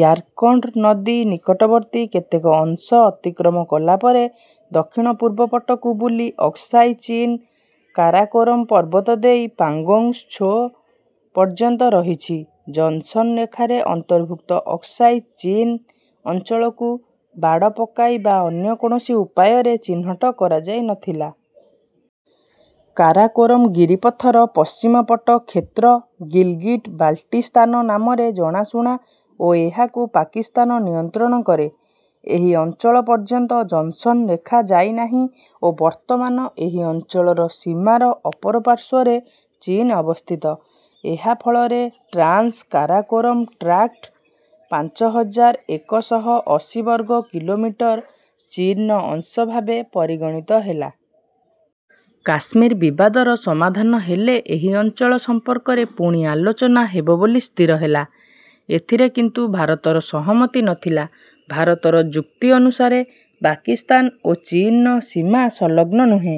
Yarkand ନଦୀ ନିକଟବର୍ତ୍ତୀ କେତେକ ଅଂଶ ଅତିକ୍ରମ କଲା ପରେ ଦକ୍ଷିଣ ପୂର୍ବ ପଟକୁ ବୁଲି ଅକ୍ସାଇ ଚୀନ୍, କାରାକୋରମ୍ ପର୍ବତ ଦେଇ ପାଙ୍ଗୋଙ୍ଗ୍ ତ୍ସୋ ପର୍ଯ୍ୟନ୍ତ ରହିଛି। ଜନ୍‌ସନ୍ ନେଖାରେ ଅନ୍ତର୍ଭୁକ୍ତ ଅକ୍ସାଇ ଚୀନ୍ ଅଞ୍ଚଳକୁ ବାଡ଼ ପକାଇ ବା ଅନ୍ୟ କୌଣସି ଉପାୟରେ ଚିହ୍ନଟ କରାଯାଇ ନ ଥିଲା। କାରାକୋରମ୍ ଗିରିପଥର ପଶ୍ଚିମ ପଟ କ୍ଷେତ୍ର ଗିଲ୍‌ଗିଟ୍ ବାଲ୍‌ଟିସ୍ତାନ ନାମରେ ଜଣାଶୁଣା ଓ ଏହାକୁ ପାକିସ୍ତାନ ନିୟନ୍ତ୍ରଣ କରେ। ଏହି ଅଞ୍ଚଳ ପର୍ଯ୍ୟନ୍ତ ଜନ୍‌ସନ୍ ରେଖା ଯାଇ ନାହିଁ ଓ ବର୍ତ୍ତମାନ ଏହି ଅଞ୍ଚଳର ସୀମାର ଅପରପାର୍ଶ୍ୱରେ ଚୀନ୍ ଅବସ୍ଥିତ। ଏହା ଫଳରେ ଟ୍ରାନ୍ସ କାରାକୋରମ୍ ଟ୍ରାକ୍ଟ୍ ପାଞ୍ଚ ହଜାର ଏକ ଶହ ଅଶୀ ବର୍ଗ କିଲୋମିଟର ଚୀନ୍‌ର ଅଂଶ ଭାବେ ପରିଗଣିତ ହେଲା। କାଶ୍ମୀର ବିବାଦର ସମାଧାନ ହେଲେ ଏହି ଅଞ୍ଚଳ ସମ୍ପର୍କରେ ପୁଣି ଆଲୋଚନା ହେବ ବୋଲି ସ୍ଥିର ହେଲା। ଏଥିରେ କିନ୍ତୁ ଭାରତର ସହମତି ନ ଥିଲା। ଭାରତର ଯୁକ୍ତି ଅନୁସାରେ ପାକିସ୍ତାନ ଓ ଚୀନ୍‌ର ସୀମା ସଂଲଗ୍ନ ନୁହେଁ।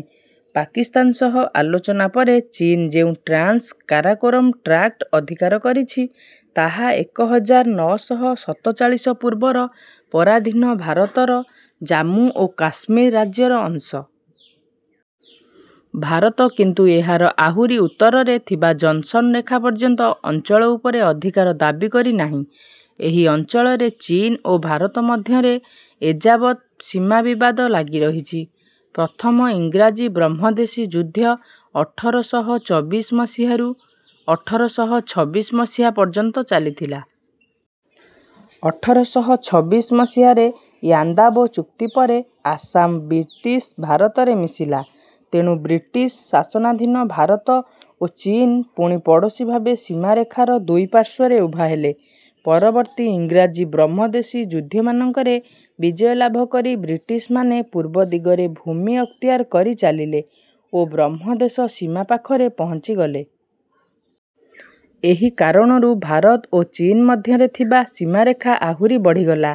ପାକିସ୍ତାନ ସହ ଆଲୋଚନା ପରେ ଚୀନ୍ ଯେଉଁ ଟ୍ରାନ୍ସ କାରାକୋରମ୍ ଟ୍ରାକ୍ଟ୍ ଅଧିକାର କରିଛି ତାହା ଏକ ହଜାର ନଅ ଶହ ସତଚାଳିଶ ପୂର୍ବର ପରାଧୀନ ଭାରତର ଜାମ୍ମୁ ଓ କାଶ୍ମୀର ରାଜ୍ୟର ଅଂଶ। ଭାରତ କିନ୍ତୁ ଏହାର ଆହୁରି ଉତ୍ତରରେ ଥିବା ଜନ୍‌ସନ୍ ରେଖା ପର୍ଯ୍ୟନ୍ତ ଅଞ୍ଚଳ ଉପରେ ଅଧିକାର ଦାବି କରି ନାହିଁ। ଏହି ଅଞ୍ଚଳରେ ଚୀନ୍ ଓ ଭାରତ ମଧ୍ୟରେ ଏଯାବତ୍ ସୀମା ବିବାଦ ଲାଗି ରହିଛି। ପ୍ରଥମ ଇଂରାଜୀ ବ୍ରହ୍ମଦେଶୀ ଯୁଦ୍ଧ ଅଠର ଶହ ଚବିଶ ମସିହାରୁ ଅଠର ଶହ ଛବିଶ ମସିହା ପର୍ଯ୍ୟନ୍ତ ଚାଲିଥିଲା। ଅଠର ଶହ ଛବିଶ ମସିହାରେ ୟାନ୍ଦାବୋ ଚୁକ୍ତି ପରେ ଆସାମ ବ୍ରିଟିଶ୍ ଭାରତରେ ମିଶିଲା। ତେଣୁ ବ୍ରିଟିଶ୍ ଶାସନାଧୀନ ଭାରତ ଓ ଚୀନ୍ ପୁଣି ପଡ଼ୋଶୀ ଭାବେ ସୀମାରେଖାର ଦୁଇ ପାର୍ଶ୍ୱରେ ଉଭା ହେଲେ। ପରବର୍ତ୍ତୀ ଇଂରାଜୀ ବ୍ରହ୍ମଦେଶୀ ଯୁଦ୍ଧମାନଙ୍କରେ ବିଜୟ ଲାଭ କରି ବ୍ରିଟିଶ୍‌ମାନେ ପୂର୍ବ ଦିଗରେ ଭୂମି ଅକ୍ତିଆର କରି ଚାଲିଲେ ଓ ବ୍ରହ୍ମଦେଶ ସୀମା ପାଖରେ ପହଞ୍ଚିଗଲେ। ଏହି କାରଣରୁ ଭାରତ ଓ ଚୀନ୍ ମଧ୍ୟରେ ଥିବା ସୀମାରେଖା ଆହୁରି ବଢ଼ିଗଲା।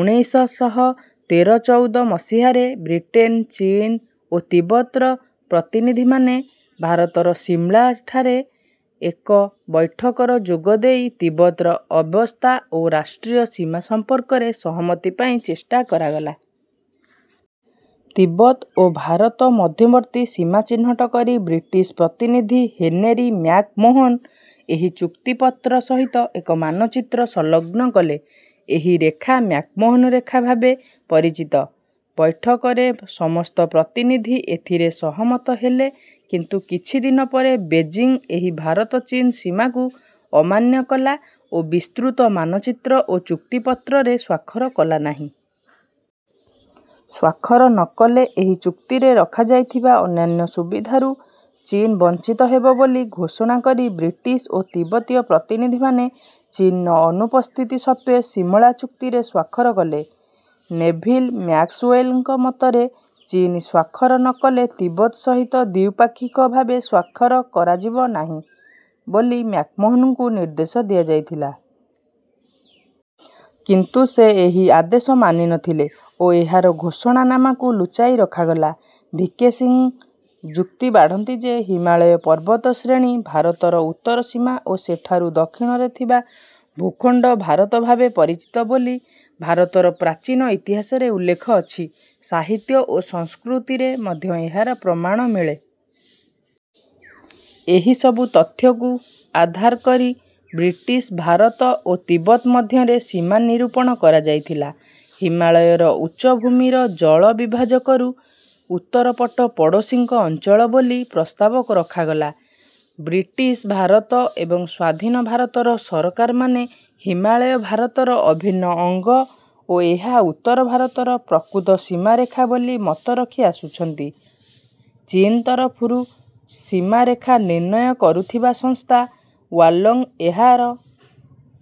ଉଣେଇଶ ଶହ ତେର ଚଉଦ ମସିହାରେ ବ୍ରିଟେନ୍, ଚୀନ୍ ଓ ତିବ୍ଦତର ପ୍ରତିନିଧିମାନେ ଭାରତର ସିମଳାଠାରେ ଏକ ବୈଠକର ଯୋଗ ଦେଇ ତିବ୍ଦତର ଅବସ୍ଥା ଓ ରାଷ୍ଟ୍ରୀୟ ସୀମା ସମ୍ପର୍କରେ ସହମତି ପାଇଁ ଚେଷ୍ଟା କରାଗଲା। ତିବ୍ଦତ ଓ ଭାରତ ମଧ୍ୟବର୍ତ୍ତୀ ସୀମା ଚିହ୍ନଟ କରି ବ୍ରିଟିଶ୍ ପ୍ରତିନିଧି ହେନେରି ମ୍ୟାକ୍ ମୋହନ ଏହି ଚୁକ୍ତିପତ୍ର ସହିତ ଏକ ମାନଚିତ୍ର ସଂଲଗ୍ନ କଲେ। ଏହି ରେଖା ମ୍ୟାକ୍ ମୋହନ ରେଖା ଭାବେ ପରିଚିତ। ବୈଠକରେ ସମସ୍ତ ପ୍ରତିନିଧି ଏଥିରେ ସହମତ ହେଲେ କିନ୍ତୁ କିଛି ଦିନ ପରେ ବେଜିଂ ଏହି ଭାରତ ଚୀନ୍ ସୀମାକୁ ଅମାନ୍ୟ କଲା ଓ ବିସ୍ତୃତ ମାନଚିତ୍ର ଓ ଚୁକ୍ତିପତ୍ରରେ ସ୍ୱାକ୍ଷର କଲା ନାହିଁ। ସ୍ୱାକ୍ଷର ନ କଲେ ଏହି ଚୁକ୍ତିରେ ରଖାଯାଇଥିବା ଅନ୍ୟାନ୍ୟ ସୁବିଧାରୁ ଚୀନ୍ ବଞ୍ଚିତ ହେବ ବୋଲି ଘୋଷଣା କରି ବ୍ରିଟିଶ୍ ଓ ତିବ୍ଦତୀୟ ପ୍ରତିନିଧିମାନେ ଚୀନ୍‌ର ଅନୁପସ୍ଥିତି ସତ୍ତ୍ୱେ ସିମଳା ଚୁକ୍ତିରେ ସ୍ୱାକ୍ଷର କଲେ। ନେଭିଲ୍ ମ୍ୟାକ୍ସୱେଲ୍‌ଙ୍କ ମତରେ ଚୀନ୍ ସ୍ୱାକ୍ଷର ନ କଲେ ତିବ୍ଦତ ସହିତ ଦ୍ୱିପାକ୍ଷିକ ଭାବେ ସ୍ୱାକ୍ଷର କରାଯିବ ନାହିଁ ବୋଲି ମ୍ୟାକ୍ ମୋହନଙ୍କୁ ନିର୍ଦ୍ଦେଶ ଦିଆଯାଇଥିଲା। କିନ୍ତୁ ସେ ଏହି ଆଦେଶ ମାନି ନ ଥିଲେ ଓ ଏହାର ଘୋଷଣାନାମାକୁ ଲୁଚାଇ ରଖାଗଲା। ଭି କେ ସିଂ ଯୁକ୍ତି ବାଢ଼ନ୍ତି ଯେ ହିମାଳୟ ପର୍ବତଶ୍ରେଣୀ ଭାରତର ଉତ୍ତର ସୀମା ଓ ସେଠାରୁ ଦକ୍ଷିଣରେ ଥିବା ଭୂଖଣ୍ଡ ଭାରତ ଭାବେ ପରିଚିତ ବୋଲି ଭାରତର ପ୍ରାଚୀନ ଇତିହାସରେ ଉଲ୍ଲେଖ ଅଛି, ସାହିତ୍ୟ ଓ ସଂସ୍କୃତିରେ ମଧ୍ୟ ଏହାର ପ୍ରମାଣ ମିଳେ। ଏହି ସବୁ ତଥ୍ୟକୁ ଆଧାର କରି ବ୍ରିଟିଶ୍ ଭାରତ ଓ ତିବ୍ଦତ ମଧ୍ୟରେ ସୀମା ନିରୂପଣ କରାଯାଇଥିଲା। ହିମାଳୟର ଉଚ୍ଚଭୂମିର ଜଳବିଭାଜକରୁ ଉତ୍ତର ପଟ ପଡ଼ୋଶୀଙ୍କ ଅଞ୍ଚଳ ବୋଲି ପ୍ରସ୍ତାବ ରଖାଗଲା। ବ୍ରିଟିଶ୍ ଭାରତ ଏବଂ ସ୍ୱାଧୀନ ଭାରତର ସରକାରମାନେ ହିମାଳୟ ଭାରତର ଅଭିନ୍ନ ଅଙ୍ଗ ଓ ଏହା ଉତ୍ତର ଭାରତର ପ୍ରକୃତ ସୀମାରେଖା ବୋଲି ମତ ରଖିଆସୁଛନ୍ତି। ଚୀନ୍ ତରଫରୁ ସୀମାରେଖା ନିର୍ଣ୍ଣୟ କରୁଥିବା ସଂସ୍ଥା ୱାଲୋଙ୍ଗ୍ ଏହାର